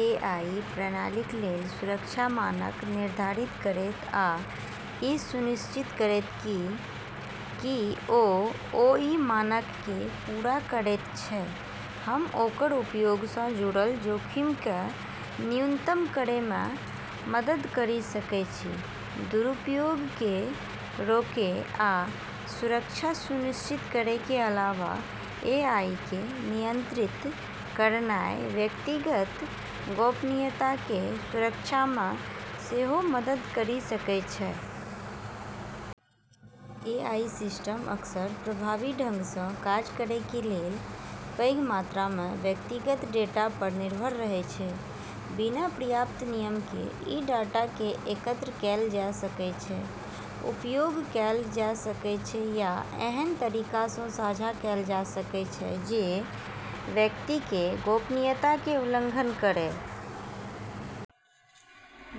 AI प्रणालीक लेल सुरक्षा मानक निर्धारित करैत आ इ सुनिश्चित करैत कि की ओ ओइ मानकके पूरा करैत छै, हम ओकर उपयोगसँ जुड़ल जोखिमके न्यूनतम करेमे मदद करि सकै छी। दुरुपयोगके रोकै आ सुरक्षा सुनिश्चित करैके अलावा, एआईके नियंत्रित करनाइ व्यक्तिगत गोपनीयताके सुरक्षामे सेहो मदद करि सकै छै। एआई सिस्टम अक्सर प्रभावी ढङ्गसँ काज करैके लेल पैघ मात्रामे व्यक्तिगत डेटा पर निर्भर रहै छै। बिना पर्याप्त नियमके, ई डाटाके एकत्र कैल जा सकै छै, उपयोग कैल जा सकै छै या ऐहन तरीकासँ साझा कैल जा सकै छै जे व्यक्तिके गोपनीयताके उल्लंघन करै।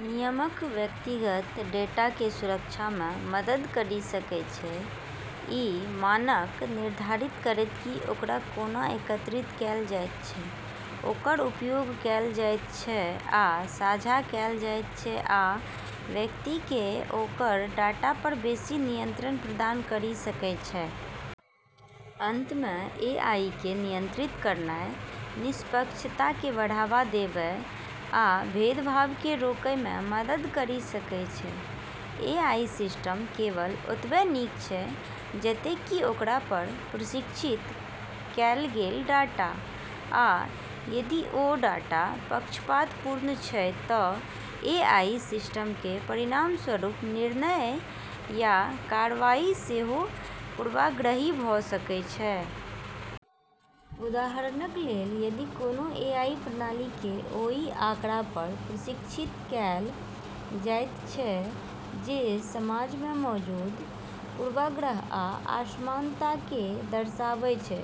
नियमक व्यक्तिगत डेटाके सुरक्षामे मदद करि सकै छै, ई मानक निर्धारित करैत कि ओकरा कोना एकत्रित कैल जाइत छै, ओकर उपयोग कैल जाइत छै आ साझा कैल जाइत छै आ व्यक्तिके ओकर डाटा पर बेशी नियंत्रण प्रदान करि सकै छै। अंतमे, एआईके नियंत्रित करनाइ निष्पक्षताके बढ़ावा देबै आ भेदभावके रोकैमे मदद करि सकै छै। एआई सिस्टम केवल ओतबे नीक छै जतेक कि ओकरा पर प्रशिक्षित कैल गेल डाटा, आ यदि ओ डाटा पक्षपातपूर्ण छै, त' एआई सिस्टमके परिणामस्वरूप निर्णय या कार्रवाई सेहो पूर्वाग्रही भ' सकै छै। उदाहरणक लेल, यदि कोनो एआई प्रणालीके ओइ आँकड़ा पर प्रशिक्षित कैल जाइत छै जे समाजमे मौजूद पूर्वाग्रह आ असमानताके दर्शाबै छै,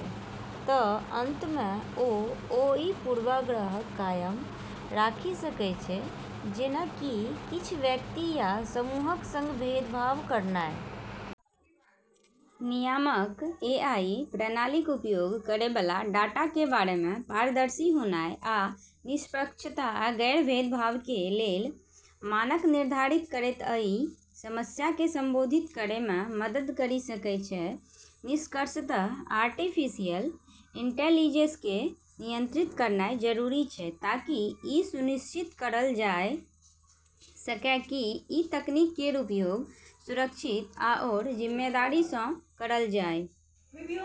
त' अंत मे ओ ओइ पूर्वाग्रहक कायम राखि सकै छै, जेना कि किछ व्यक्ति या समूहक सङ्ग भेदभाव करनाइ। नियामक एआई प्रणालीक उपयोग करैबला डाटाके बारेमे पारदर्शी होनाइ आ निष्पक्षता आ गैर-भेदभावके लेल मानक निर्धारित करैत अइ समस्याके संबोधित करैमे मदद करि सकै छै। निष्कर्षतः आर्टिफिशियल इंटेलिजेंसके नियंत्रित करनाइ जरूरी छै ताकि ई सुनिश्चित करल जाइ सकै कि ई तकनीक केर उपयोग सुरक्षित आओर जिम्मेदारीसँ करल जाइ ।